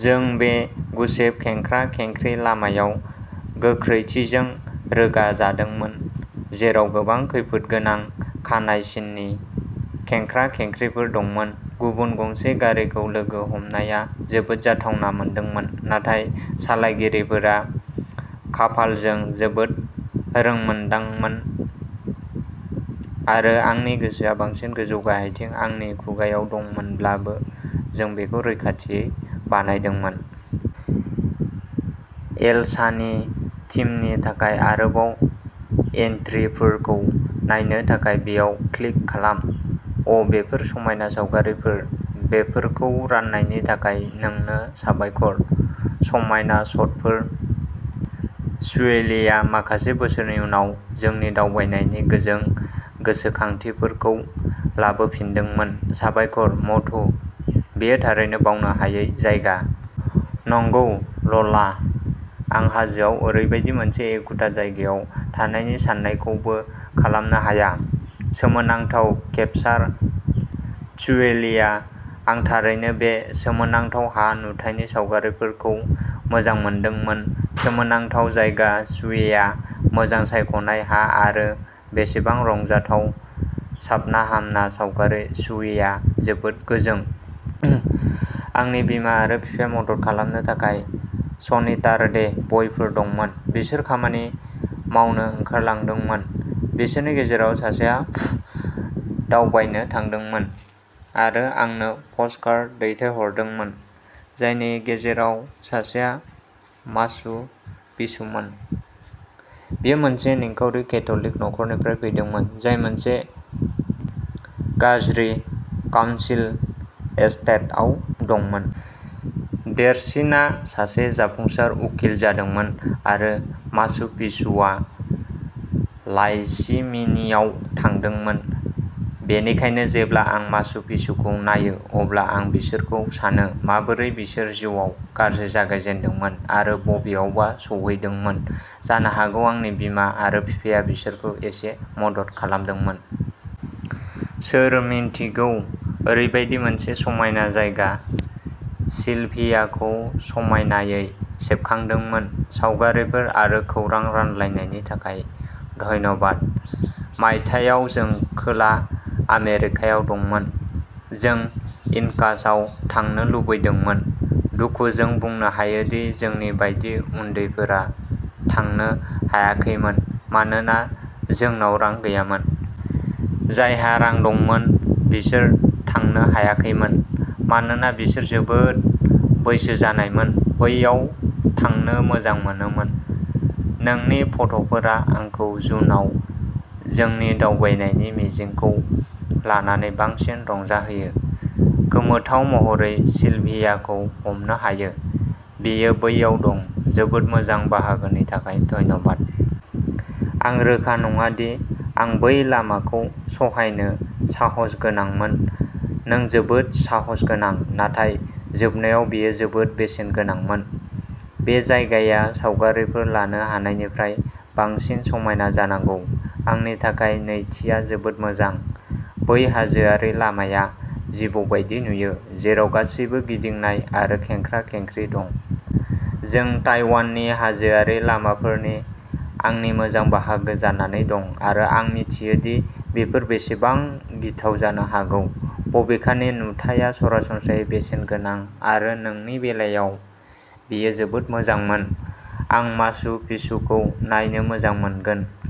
जों बे गुसेब खेंख्रा-खेंख्रि लामायाव गोख्रैथिजों रोगाजादोंमोन, जेराव गोबां खैफोदगोनां खानाय सिननि खेंख्रा-खेंख्रिफोर दंमोन। गुबुन गंसे गारिखौ लोगो हमनाया जोबोद जाथावना मोनदोंमोन, नाथाय सालायगिरिफोरा खाफालजों जोबोद रोंमोन्दांमोन, आरो आंनि गोसोआ बांसिन गोजौ-गाहायथिं आंनि खुगायाव दंमोनब्लाबो, जों बेखौ रैखाथियै बानायदोंमोन। एलसानि थिमनि थाखाय आरोबाव एन्ट्रिफोरखौ नायनो थाखाय बेयाव क्लिक खालाम। अ बेफोर समायना सावगारिफोर। बेफोरखौ राननायनि थाखाय नोंनो साबायखर। समायना शटफोर सिल्विया माखासे बोसोरनि उनाव जोंनि दावबायनायनि गोजों गोसोखांथिफोरखौ लाबोफिनदोंमोन। साबायखर, मधु। बेयो थारैनो बावनो हायै जायगा। नंगौ, ल'ला। आं हाजोआव ओरैबायदि मोनसे एखुथा जायगायाव थानायनि साननायखौबो खालामनो हाया। सोमोनांथाव केपसार सिल्विया। आं थारैनो बे सोमोनांथाव हा नुथायनि सावगारिफोरखौ मोजां मोनदोंमोन। सोमोनांथाव जायगा सिल्विया, मोजां सायख'नाय हा आरो बेसेबां रंजाथाव साबनाहामना सावगारि सिल्विया, जोबोद गोजों। आंनि बिमा आरो बिफाया मदद खालामनो थाखाय सनिटारडे बय'फोर दंमोन। बिसोर खामानि मावनो ओंखारलांदोंमोन। बिसोरनि गेजेराव सासेया दावबायनो थांदोंमोन आरो आंनो पस्टकार्ड दैथायहरदोंमोन, जायनि गेजेराव सासेआ माचु पिचुमोन। बियो मोनसे निखावरि केथ'लिक नखरनिफ्राय फैदोंमोन, जाय मोनसे गाज्रि काउन्सिल एस्टेटआव दंमोन। देरसिनआ सासे जाफुंसार उखिल जादोंमोन, आरो माचु पिचुआ लाइसिमिनियाव थांदोंमोन। बेनिखायनो जेब्ला आं माचु पिचुखौ नायो, अब्ला आं बिसोरखौ सानो, माबोरै बिसोर जिउआव गाज्रि जागायजेन्दोंमोन आरो बबेयावबा सौहैदोंमोन, जानो हागौ आंनि बिमा आरो बिफाया बिसोरखौ एसे मदद खालामदोंमोन। सोर मिन्थिगौ, ओरैबायदि मोनसे समायना जायगा, सिलभियाखौ समायनायै सेबखांदोंमोन सावगारिफोर आरो खौरां रानलायनायनि थाखाय धन्यबाद। मायथाइयाव जों खोला आमेरिकायाव दंमोन, जों इनकासआव थांनो लुबैदोंमोन। दुखुजों बुंनो हायोदि जोंनि बायदि उन्दैफोरा थांनो हायाखैमोन मानोना जोंनाव रां गैयामोन। जायहा रां दंमोन बिसोर थांनो हायाखैमोन। मानोना बिसोर जोबोद बैसो जानायमोन, बैयाव थांनो मोजां मोनोमोन। नोंनि फट'फोरा आंखौ जुनआव जोंनि दावबायनायनि मिजिंखौ लानानै बांसिन रंजाहोयो। गोमोथाव महरै सिलभियाखौ हमनो हायो। बेयो बैयाव दं, जोबोद मोजां बाहागोनि थाखाय धन्यबाद। आं रोखा नङा दि आं बै लामाखौ सहायनो साहसगोनांमोन नों जोबोद साहसगोनां, नाथाय जोबनायाव बेयो जोबोद बेसेनगोनांमोन। बे जायगाया सावगारिफोर लानो हानायनिफ्राय बांसिन समायना जानांगौ। आंनि थाखाय नैथिआ जोबोद मोजां, बै हाजोआरि लामाया जिबौ बायदि नुयो, जेराव गासैबो गिदिंनाय आरो खेंख्रा-खेंख्रि दं। जों ताइवाननि हाजोआरि लामाफोरनि आंनि मोजां बाहागो जानानै दं आरो आं मिथियो दि बेफोर बेसेबां गिथाव जानो हागौ। बबेखानि नुथायआ सरासनस्रायै बेसेनगोनां आरो नोंनि बेलायाव बेयो जोबोद मोजांमोन। आं माचु पिचुखौ नायनो मोजां मोनगोन।